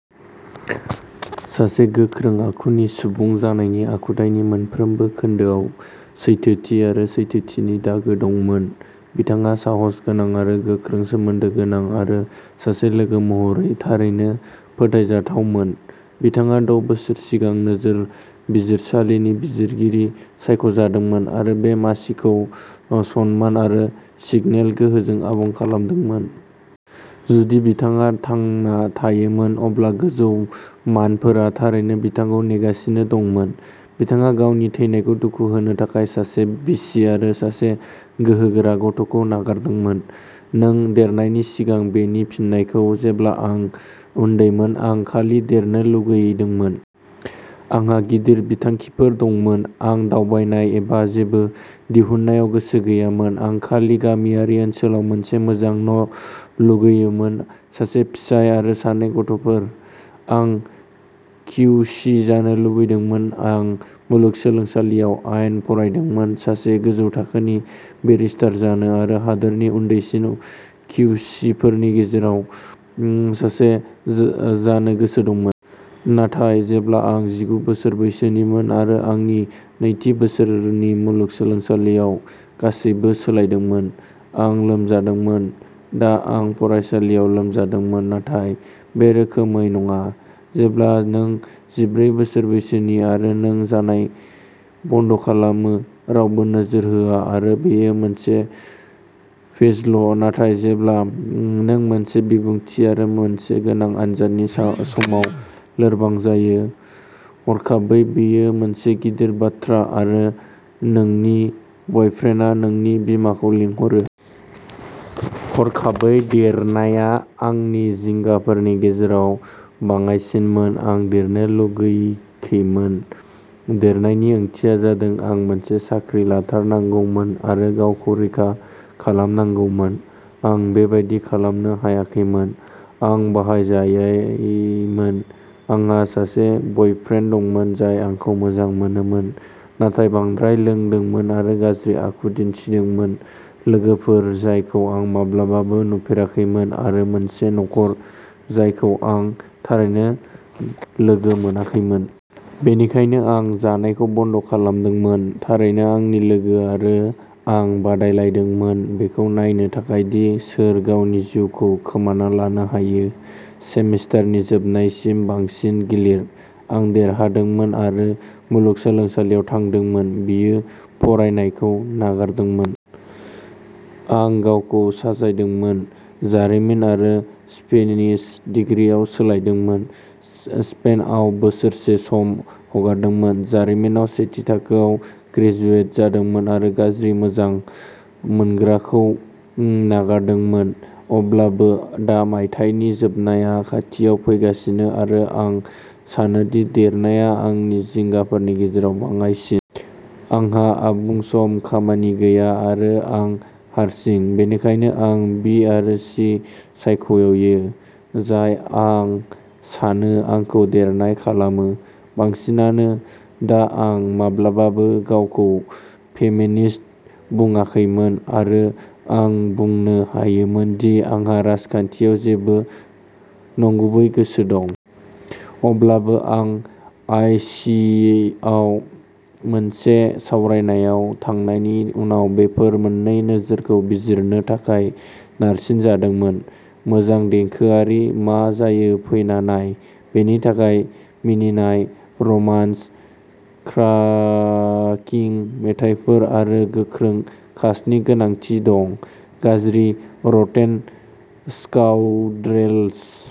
सासे गोख्रों आखुनि सुबुं, जायनि आखुथायनि मोनफ्रोमबो खोन्दोआव सैथोथि आरो सैथोथिनि दागो दंमोन। बिथाङा साहसगोनां आरो गोख्रों सोमोन्दो गोनां आरो सासे लोगो महरै थारैनो फोथायजाथावमोन। बिथाङा द' बोसोर सिगां नोगोर बिजिरसालिनि बिजिरगिरि सायख'जादोंमोन आरो बे मासिखौ सनमान आरो सिगनेल गोहोजों आबुं खालामदोंमोन। जुदि बिथाङा थांना थायोमोन, अब्ला गोजौ मानफोरा थारैनो बिथांखौ नेगासिनो दंमोन। बिथाङा गावनि थैनायखौ दुखु होनो थाखाय सासे बिसि आरो सासे गोहोगोरा गथ'खौ नागारदोंमोन। नों देरनायनि सिगां बेनि फिननायखौ। जेब्ला आं उन्दैमोन, आं खालि देरनो लुगैदोंमोन। आंहा गिदिर बिथांखिफोर दंमोन। आं दावबायनाय एबा जेबो दिहुननायाव गोसो गैयामोन, आं खालि गामियारि ओनसोलाव मोनसे मोजां न' लुगैयोमोन, सासे फिसाय आरो सानै गथ'फोर। आं किउसि जानो लुबैदोंमोन आं मुलुगसोलोंसालियाव आयेन फरायदोंमोन सासे गोजौ थाखोनि बेरिस्टार जानो आरो हादोरनि उन्दैसिन किउसिफोरनि गेजेराव उ सासे जा-जानो गोसो दंमोन। नाथाय, जेब्ला आं जिगु बोसोर बैसोनिमोन आरो आंनि नैथि बोसोरनि मुलुगसोलोंसालियाव, गासैबो सोलायदोंमोन। आं लोमजादोंमोन। दा, आं फरायसालियाव लोमजादोंमोन नाथाय बे रोखोमै नङा। जेब्ला नों जिब्रै बोसोर बैसोनि आरो नों जानाय बन्द' खालामो, रावबो नोजोर होआ आरो बेयो मोनसे फेजल' नाथाय जेब्ला नों मोनसे बिबुंथि आरो मोनसे गोनां आनजादनि सा समाव लोरबां जायो, हरखाबै बेयो मोनसे गिदिर बाथ्रा आरो नोंनि बयफ्रेन्डआ नोंनि बिमाखौ लिंहरो। हरखाबै देरनाया आंनि जिंगाफोरनि गेजेराव बाङाइसिनमोन आं देरनो लुगैाखैमोन। देरनायनि ओंथिया जादों आं मोनसे साख्रि लाथारनांगौमोन आरो गावखौ रैखा खालामनांगौमोन। आं बेबादि खालामनो हायाखैमोन, आं बाहायजायैमोन। आंहा सासे बयफ्रेन्ड दंमोन जाय आंखौ मोजां मोनोमोन, नाथाय बांद्राय लोंदोंमोन आरो गाज्रि आखु दिन्थिदोंमोन, लोगोफोर जायखौ आं माब्लाबाबो नुफेराखैमोन आरो मोनसे नखर जायखौ आं थारैनो लोगो मोनाखैमोन। बेनिखायनो आं जानायखौ बन्द' खालामदोंमोन। थारैनो आंनि लोगो आरो आं बादायलायदोंमोन बेखौ नायनो थाखाय दि सोर गावनि जिउखौ खोमाना लानो हायो। सेमिस्टारनि जोबनायसिम बांसिन गिलिर। आं देरहादोंमोन आरो मुलुगसोलोंसालियाव थादोंमोन। बियो फरायनायखौ नागारदोंमोन। आं गावखौ साजायदोंमोन, जारिमिन आरो स्पेनिश दिग्रिआव सोलायदोंमोन, स्पेनआव बोसोरसे सम हगारदोंमोन, जारिमिनाव सेथि थाखोआव ग्रेजुवेट जादोंमोन आरो गाज्रि मोजां मोनग्राखौ नागारदोंमोन। अब्लाबो दा मायथाइनि जोबनाया खाथियाव फैगासिनो आरो आं सानोदि देरनाया आंनि जिंगाफोरनि गेजेराव बाङाइसिन। आंहा आबुं सम खामानि गैया आरो आं हारसिं। बेनिखायनो आं बि आरो सि सायख'यो। जाय, आं सानो, आंखौ देरनाय खालामो। बांसिनानो। दा आं माब्लाबाबो गावखौ फेमिनिस्ट बुंाखैमोन, आरो आं बुंनो हायामोन दि आंहा राजखान्थियाव जेबो नंगुबै गोसो दं। अब्लाबो आं आइसिएआव मोनसे सावरायनायाव थांनायनि उनाव बेफोर मोन्नै नोजोरखौ बिजिरनो थाखाय नारसिनजादोंमोन। मोजां देंखोआरि मा जायो फैना नाय। बेनि थाखाय मिनिनाय, रमान्स, क्र्याकिं मेथाइफोर आरो गोख्रों कास्टनि गोनांथि दं। गाज्रि रटेन स्काउन्ड्रेल्स।